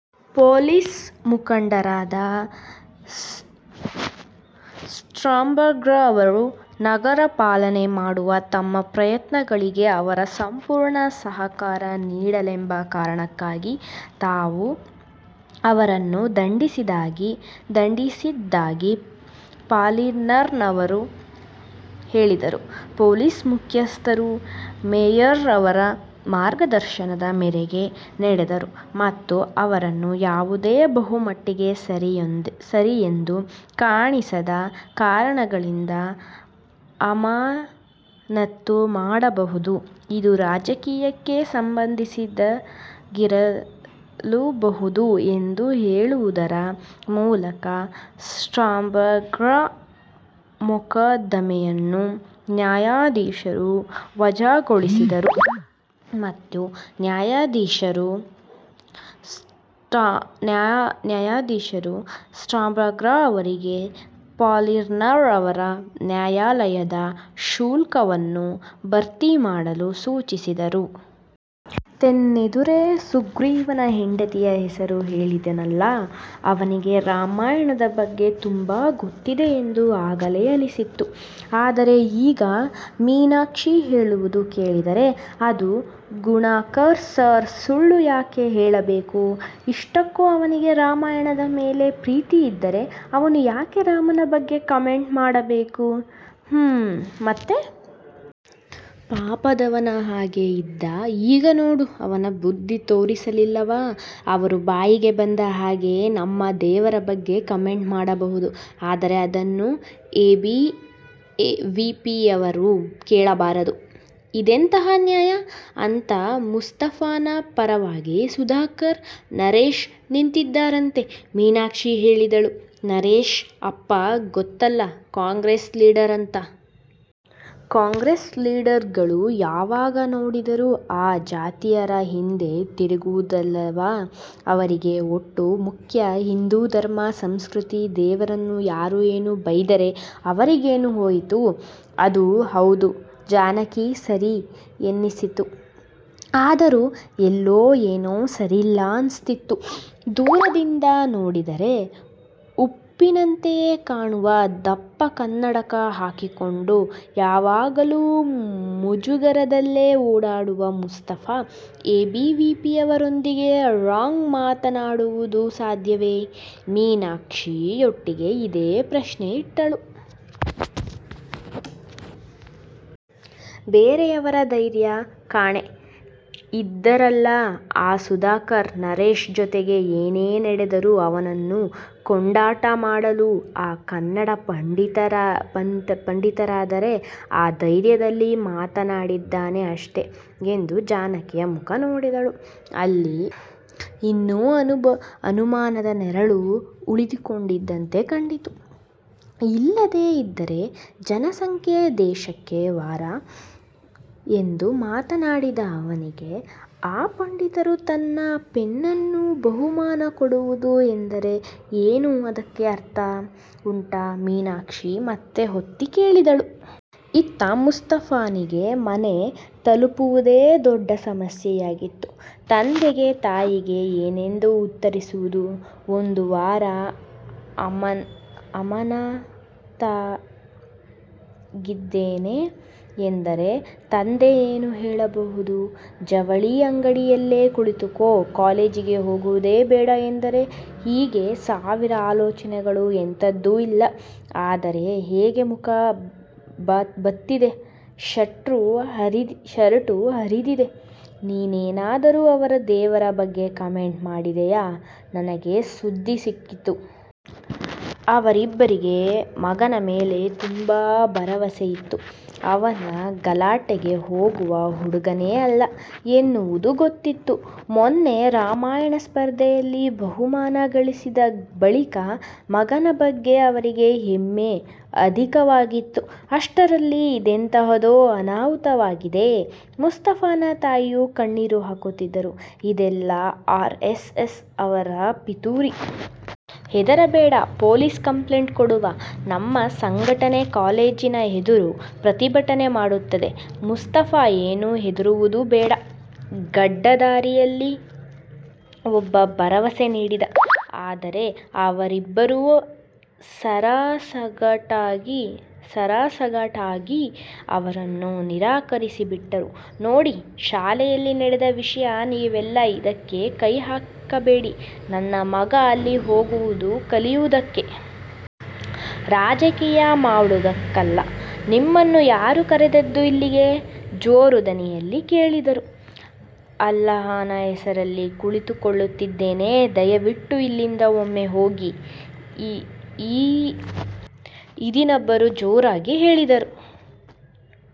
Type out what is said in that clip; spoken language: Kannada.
ಪೋಲಿಸ್ ಮುಖಂಡರಾದ ಸ್ಟಾಂಬಾಗ್ರವರು, ನಗರ ಪಾಲನೆ ಮಾಡುವ ತಮ್ಮ ಪ್ರಯತ್ನಗಳಿಗೆ ಅವರ ಸಂಪೂರ್ಣ ಸಹಕಾರ ನೀಡಿಲ್ಲವೆಂಬ ಕಾರಣಕ್ಕಾಗಿ ತಾವು ಅವರನ್ನು ದಂಡಿಸಿದ್ದಾಗಿ ಪಾಲಿನ್ರವರು ಹೇಳಿದರು. ಪೋಲಿಸ್ ಮುಖ್ಯಸ್ಥರು ಮೇಯರ್ರವರ ಮಾರ್ಗದರ್ಶನದ ಮೇರೆಗೆ ನಡೆದರು ಮತ್ತು ಅವರನ್ನು ಯಾವುದೇ ಬಹುಮಟ್ಟಿಗೆ ಸರಿಯೆಂದು ಕಾಣಿಸಿದ ಕಾರಣಗಳಿಂದ ಅಮಾನತು ಮಾಡಬಹುದು, ಇದು ರಾಜಕೀಯಕ್ಕೆ ಸಂಬಂದಿಸಿದ್ದಾಗಿರಲೂಬಹುದು, ಎಂದು ಹೇಳುವುದರ ಮೂಲಕ ಸ್ಟಾಂಬಾಗ್ರ ಮೊಕದ್ದಮೆಯನ್ನು ನ್ಯಾಯಾಧೀಶರು ವಜಾಗೊಳಿಸಿದರು ಮತ್ತು ನ್ಯಾಯಾಧೀಶರು ಸ್ಟಾಂಬಾಗ್ರವರಿಗೆ ಪಾಲಿನ್ರವರ ನ್ಯಾಯಾಲಯದ ಶುಲ್ಕವನ್ನು ಭರ್ತಿಮಾಡಲು ಸೂಚಿಸಿದರು. ತನ್ನೆದುರೇ ಸುಗ್ರೀವನ ಹೆಂಡತಿಯ ಹೆಸರು ಹೇಳಿದ್ದನಲ್ಲ ಅವನಿಗೆ ರಾಮಾಯಣದ ಬಗ್ಗೆ ತುಂಬಾ ಗೊತ್ತಿದೆ ಎಂದು ಆಗಲೇ ಅನ್ನಿಸಿತ್ತು. ಆದರೆ ಈಗ ಮೀನಾಕ್ಷಿ ಹೇಳುವುದು ಕೇಳಿದರೆ ಅದೂ ಗುಣಕರ್ ಸಾರ್ ಸುಳ್ಳು ಯಾಕೆ ಹೇಳಬೇಕು ಇಷ್ಟಕ್ಕೂ ಅವನಿಗೆ ರಾಮಾಯಣದ ಮೇಲೆ ಪ್ರೀತಿ ಇದ್ದರೆ, ಅವನು ಯಾಕೆ ರಾಮನ ಬಗ್ಗೆ ಕಮೆಂಟ್ ಮಾಡಬೇಕು ಹೂಂ ಮತ್ತೆ. ಪಾಪದವನ ಹಾಗೆ ಇದ್ದ. ಈಗ ನೋಡು, ಅವನ ಬುದ್ಧ್ದಿ ತೋರಿಸಲಿಲ್ಲವಾ ಅವರು ಬಾಯಿಗೆ ಬಂದ ಹಾಗೆ ನಮ್ಮ ದೇವರ ಬಗ್ಗೆ ಕಮೆಂಟ್ ಮಾಡಬಹುದು. ಆದರೆ ಅದನ್ನು ಎಬಿವಿಪಿಯವರು ಕೇಳಬಾರದು ಇದೆಂತಹ ನ್ಯಾಯಾ ಅಂತ ಮುಸ್ತಫಾನ ಪರವಾಗಿ ಸುಧಾಕರ, ನರೇಶ್ ನಿಂತಿದ್ದರಂತೆ' ಮೀನಾಕ್ಷಿ ಹೇಳಿದಳು. ನರೇಶ್ನ ಅಪ್ಪ ಗೊತ್ತಲ್ಲ ಕಾಂಗ್ರೆಸ್ನ ಲೀಡರ್ ಅಂತೆ. ಕಾಂಗ್ರೆಸ್ ಲೀಡರ್ಗಳು ಯಾವಾಗ ನೋಡಿದರೂ ಆ ಜಾತಿಯರ ಹಿಂದೆ ತಿರುಗುವುದಲ್ಲವಾ ಅವರಿಗೆ ಓಟು ಮುಖ್ಯ. ಹಿಂದೂ ಧರ್ಮ, ಸಂಸ್ಕೃತಿ, ದೇವರನ್ನು ಯಾರು ಏನು ಬೈದರೆ ಅವರಿಗೇನು ಹೋಯಿತು ಅದೂ ಹೌದು ಜಾನಕಿಗೆ ಸರಿ ಅನ್ನಿಸಿತು. ಆದರೂ ಎಲ್ಲೋ ಏನೋ ಸರಿ ಇಲ್ಲ ಅನ್ನಿಸಿತು. ದೂರದಿಂದ ನೋಡಿದರೆ ಪಪ್ಪುವಿನಂತೆಯೇ ಕಾಣುವ, ದಪ್ಪ ಕನ್ನಡಕ ಹಾಕಿಕೊಂಡು, ಯಾವಾಗಲೂ ಮುಜುಗರದಲ್ಲೇ ಓಡಾಡುವ ಮುಸ್ತಫಾ ಎಬಿವಿಪಿಯವರೊಂದಿಗೆ ರಾಂಗ್ ಮಾತನಾಡುವುದು ಸಾಧ್ಯವೇ ಮೀನಾಕ್ಷಿಯೊಟ್ಟಿಗೆ ಇದೇ ಪ್ರಶ್ನೆಯನ್ನಿಟ್ಟಳು. ''ಬೇರೆಯವರ ಧೈರ್ಯ ಕಣೇ ಇದ್ದಾರಲ್ಲ ಆ ಸುಧಾಕರ, ನರೇಶ್ ಜೊತೆಗೆ ಏನೇ ನಡೆದರೂ ಅವನನ್ನು ಕೊಂಡಾಟ ಮಾಡಲು ಆ ಕನ್ನಡ ಪಂಡಿತರಿದ್ದಾರೆ. ಆ ಧೈರ್ಯದಲ್ಲಿ ಮಾತನಾಡಿದ್ದಾನೆ ಅಷ್ಟೇ'' ಎಂದು ಜಾನಕಿಯ ಮುಖ ನೋಡಿದಳು. ಅಲ್ಲಿ ಇನ್ನೂ ಅನುಮಾನದ ನೆರಳು ಉಳಿದುಕೊಂಡಿದ್ದಂತೆ ಕಂಡಿತು ''ಇಲ್ಲದೇ ಇದ್ದರೆ ಜನಸಂಖ್ಯೆ ದೇಶಕ್ಕೆ ವರ ಎಂದು ಮಾತನಾಡಿದ ಅವನಿಗೆ ಆ ಪಂಡಿತರು ತನ್ನ ಪೆನ್ನನ್ನು ಬಹುಮಾನ ಕೊಡುವುದು ಎಂದರೆ ಏನು ಅದಕ್ಕೆ ಅರ್ಥ ಉಂಟಾ '' ಮೀನಾಕ್ಷಿ ಮತ್ತೆ ಒತ್ತಿ ಕೇಳಿದಳು. ಇತ್ತ ಮುಸ್ತಫಾನಿಗೆ ಮನೆ ತಲುಪುವುದೇ ದೊಡ್ಡ ಸಮಸ್ಯೆಯಾಗಿತ್ತು. ತಂದೆಗೆ, ತಾಯಿಗೆ ಏನೆಂದು ಉತ್ತರಿಸುವುದು ಒಂದು ವಾರ ಅಮಾನತಾಗಿದ್ದೇನೆ ಎಂದರೆ ತಂದೆ ಏನು ಹೇಳಬಹುದು ಜವಳಿ ಅಂಗಡಿ ಯಲ್ಲೇ ಕುಳಿತುಕೋ ಕಾಲೇಜಿಗೆ ಹೋಗುವುದೇ ಬೇಡ ಎಂದರೆ ಹೀಗೆ ಸಾವಿರ ಆಲೋಚನೆಗಳು ಎಂತದು ಇಲ್ಲ ಅಂದರೆ ಹೇಗೆ ಮುಖ ಬಾತಿದೆ, ಶರ್ಟು ಹರಿದಿದೆ ನೀನೇನಾದರೂ ಅವರ ದೇವರ ಬಗ್ಗೆ ಕಮೆಂಟ್ ಮಾಡಿದೆಯಾ ನನಗೆ ಸುದ್ದಿ ಸಿಕ್ಕಿತು. ಅವರಿಬ್ಬರಿಗೆ ಮಗನ ಮೇಲೆ ತುಂಬಾ ಭರವಸೆಯಿತ್ತು. ಅವನು ಗಲಾಟೆಗೆ ಹೋಗುವ ಹುಡುಗನೇ ಅಲ್ಲ ಎನ್ನುವುದೂ ಗೊತ್ತಿತ್ತು. ಮೊನ್ನೆ ರಾಮಾಯಣ ಸ್ಪರ್ಧೆಯಲ್ಲಿ ಬಹುಮಾನ ಗಳಿಸಿದ ಬಳಿಕ ಮಗನ ಬಗ್ಗೆ ಅವರಿಗೆ ಹೆಮ್ಮೆ ಅಧಿಕವಾಗಿತ್ತು. ಅಷ್ಟರಲ್ಲಿ ಇದೆಂತಹದೋ ಅನಾಹುತವಾಗಿದೆ. ಮುಸ್ತಫಾನ ತಾಯಿಯೂ ಕಣ್ಣೀರು ಹಾಕುತ್ತಿದ್ದರು. ''ಇದೆಲ್ಲ ಆರ್ ಎಸ್ ಎಸ್ ಅವರ ಪಿತೂರಿ. ಹೆದರಬೇಡ ಪೊಲೀಸ್ ಕಂಪ್ಲೇಂಟ್ ಕೊಡುವ. ನಮ್ಮ ಸಂಘಟನೆ ಕಾಲೇಜಿನ ಎದುರು ಪ್ರತಿಭಟನೆ ಮಾಡುತ್ತದೆ. ಮುಸ್ತಫಾ ಏನು ಹೆದರುವುದು ಬೇಡ'' ಗಡ್ಡಧಾರಿಯಲ್ಲಿ ಒಬ್ಬ ಭರವಸೆ ನೀಡಿದ. ಆದರೆ ಅವರಿಬ್ಬರು ಸಾರಾಸಗಟಾಗಿ ಅವರನ್ನು ನಿರಾಕರಿಸಿ ಬಿಟ್ಟರು ''ನೋಡಿ ಶಾಲೆಯಲ್ಲಿ ನಡೆದ ವಿಷಯ ನೀವೆಲ್ಲ ಇದಕ್ಕೆ ಕೈ ಹಾಕಬೇಡಿ. ನನ್ನ ಮಗ ಅಲ್ಲಿ ಹೋಗುವುದು ಕಲಿಯುವುದಕ್ಕೆ. ರಾಜಕೀಯ ಮಾಡುವುದಕ್ಕಲ್ಲ ನಿಮ್ಮನ್ನು ಯಾರು ಕರೆದದ್ದು ಇಲ್ಲಿಗೆ'' ಜೋರು ದನಿಯಲ್ಲಿ ಕೇಳಿದರು. ''ಅಲ್ಲಾಹನ ಹೆಸರಲ್ಲಿ ಕೇಳಿಕೊಳ್ಳುತ್ತಿದ್ದೇನೆ ದಯವಿಟ್ಟು ಇಲ್ಲಿಂದ ಒಮ್ಮೆ ಹೋಗಿ'' ಇದಿನಬ್ಬರು ಜೋರಾಗಿ ಹೇಳಿದರು.